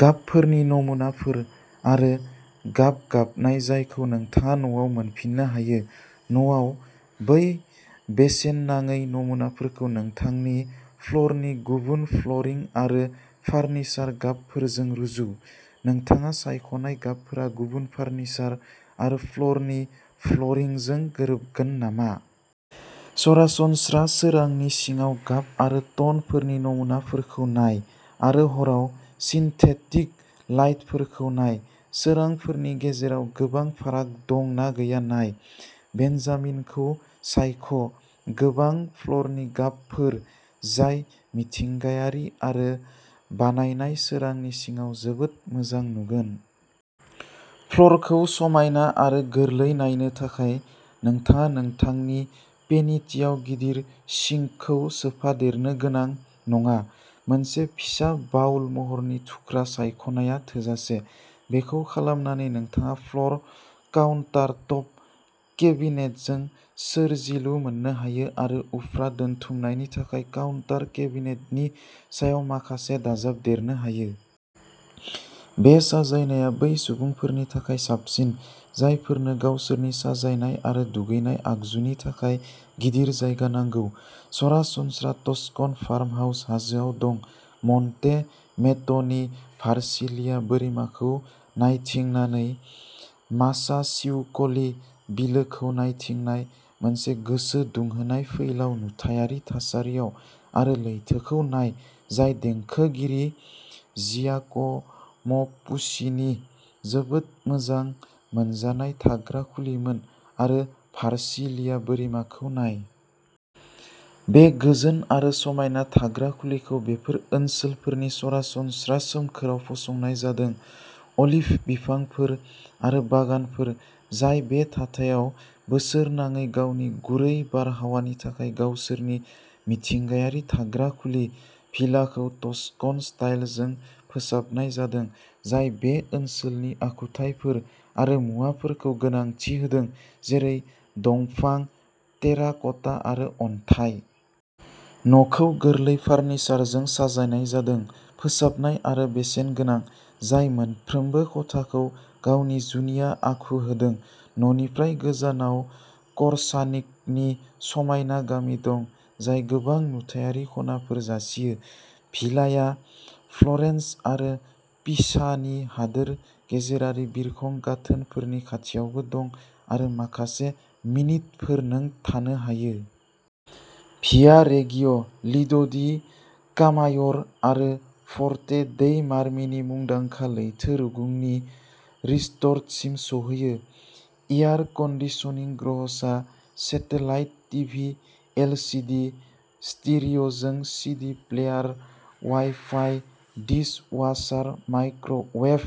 गाबफोरनि नमुनाफोर आरो गाब गाबनाय जायखौ नोंथाङा न'आव मोनफिन्नो हायो। न'आव, बै बेसेन नाङै नमुनाफोरखौ नोंथांनि फ्ल'रनि गुबुन फ्ल'रिं आरो फार्निचार गाबफोरजों रुजु। नोंथाङा सायख'नाय गाबफोरा गुबुन फार्निचार आरो फ्ल'रनि फ्ल'रिंजों गोरोबगोन नामा? सरासनस्रा सोरांनि सिङाव गाब आरो टनफोरनि नमुनाफोरखौ नाय आरो हराव सिन्थेटिक लाइटफोरखौ नाय। सोरांफोरनि गेजेराव गोबां फाराग दं ना गैया नाय। बेन्जामिनखौ सायख' गोबां फ्ल'रनि गाबफोर जाय मिथिंगायारि आरो बानायनाय सोरांनि सिङाव जोबोद मोजां नुगोन। फ्ल'रखौ समायना आरो गोरलै नायनो थाखाय, नोंथाङा नोंथांनि फेनिटियाव गिदिर सिंकखौ सोफादेरनो गोनां नङा। मोनसे फिसा बाउल महरनि थुख्रा सायख'नाया थोजासे। बेखौ खालामनानै नोंथाङा फ्ल'र काउन्टारटप केबिनेटजों सोरजिलु मोननो हायो आरो उफ्रा दोनथुमनायनि थाखाय काउन्टार केबिनेटनि सायाव माखासे दाजाबदेरनो हायो। बे साजायनाया बै सुबुंफोरनि थाखाय साबसिन, जायफोरनो गावसोरनि साजायनाय आरो दुगैनाय आगजुनि थाखाय गिदिर जायगा नांगौ। सरासनस्रा टस्कन फार्महाउस, हाजोआव दं। मन्टे मेट'नि भार्सिलिया बोरिमाखौ नायथिंनानै, मासासिउक'लि बिलोखौ नायथिंनाय मोनसे गोसो दुंहोनाय फैलाव नुथायारि थासारियाव आरो लैथोखौ नाय, जाय देंखोगिरि जियाक'म'पुचिनीनि जोबोद मोजां मोनजानाय थाग्रा खुलिमोन, आरो भार्सिलिया बोरिमाखौ नाय। बे गोजोन आरो समायना थाग्रा खुलिखौ बेफोर ओनसोलफोरनि सरासनस्रा सोमखोरआव फसंनाय जादों, अलिभ बिफांफोर आरो बागानफोर जाय बे थाथायाव बोसोरनाङै गावनि गुरै बारहावानि थाखाय गावसोरनि मिथिंगायारि थाग्रा खुलि। भिलाखौ टस्कन स्टाइलजों फोसाबनाय जादों, जाय बे ओनसोलनि आखुथायफोर आरो मुवाफोरखौ गोनांथि होदों, जेरै दंफां, टेराक'टा आरो अन्थाइ। न'खौ गोरलै फार्निचारजों साजायनाय जादों, फोसाबनाय आरो बेसेनगोनां, जाय मोनफ्रोमबो खथाखौ गावनि जुनिया आखु होदों। न'निफ्राय गोजानाव क'र्सानिकनि समायना गामि दं, जाय गोबां नुथायारि खनाफोर जासियो। भिलाया फ्लरेन्स आरो पिसा नि हादोर गेजेरारि बिरखं गाथोनफोरनि खाथियावबो दं आरो माखासे मिनिटफोर नों थानो हायो। भियारेगिय', लिड'डि कामाय'र आरो फ'र्टे देई मार्मीनि मुंदांखा लैथो रुगुंनि रिसटरसिम सौहै। एयार कन्दिसनिं ग्रहसा सेटेलाइट टिभि एलसीडी स्टीरिय'जों CD player wifi dishwasher microwave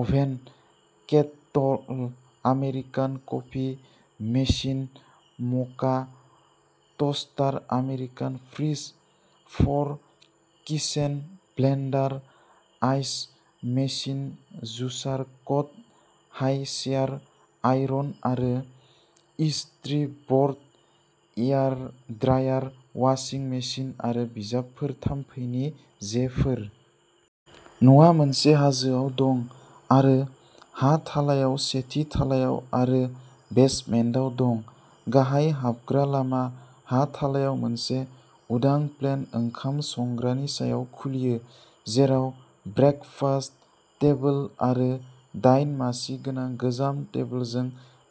oven kettle American coffee machine moka toaster American fridge for kitchen blender ice machine juicer cot high chair iron आरो इस्त्रि ब'र्ड हेयारड्रायार वाशिं मेसिन आरो बिजाबफोर थाम्फैनि जेफोर। न'आ मोनसे हाजोआव दं आरो हा थालायाव, सेथि थालायाव आरो बेसमेन्टआव दं। गाहाय हाबग्रा लामा, हा थालायाव, मोनसे उदां प्लेन ओंखाम संग्रानि सायाव खुलियो जेराव ब्रेकफास्ट टेबोल आरो दाइन मासि गोनां गोजाम टेबोलजों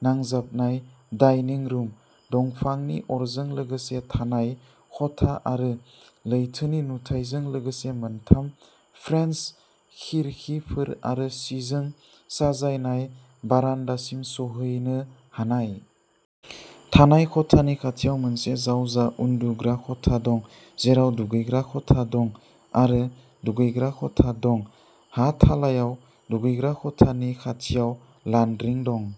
नांजाबनाय डाइनिं रुम, दंफांनि अरजों लोगोसे थानाय खथा आरो लैथोनि नुथायजों लोगोसे मोनथाम फ्रेन्स खिरखिफोर आरो सिजों साजायनाय बारान्दासिम सौहैनो हानाय। थानाय खथानि खाथियाव मोनसे जावजा उन्दुग्रा खथा दं जेराव दुगैग्रा खथा दं आरो दुगैग्रा खथा दं। हा थालायाव, दुगैग्रा खथानि खाथियाव लान्ड्रिं दं।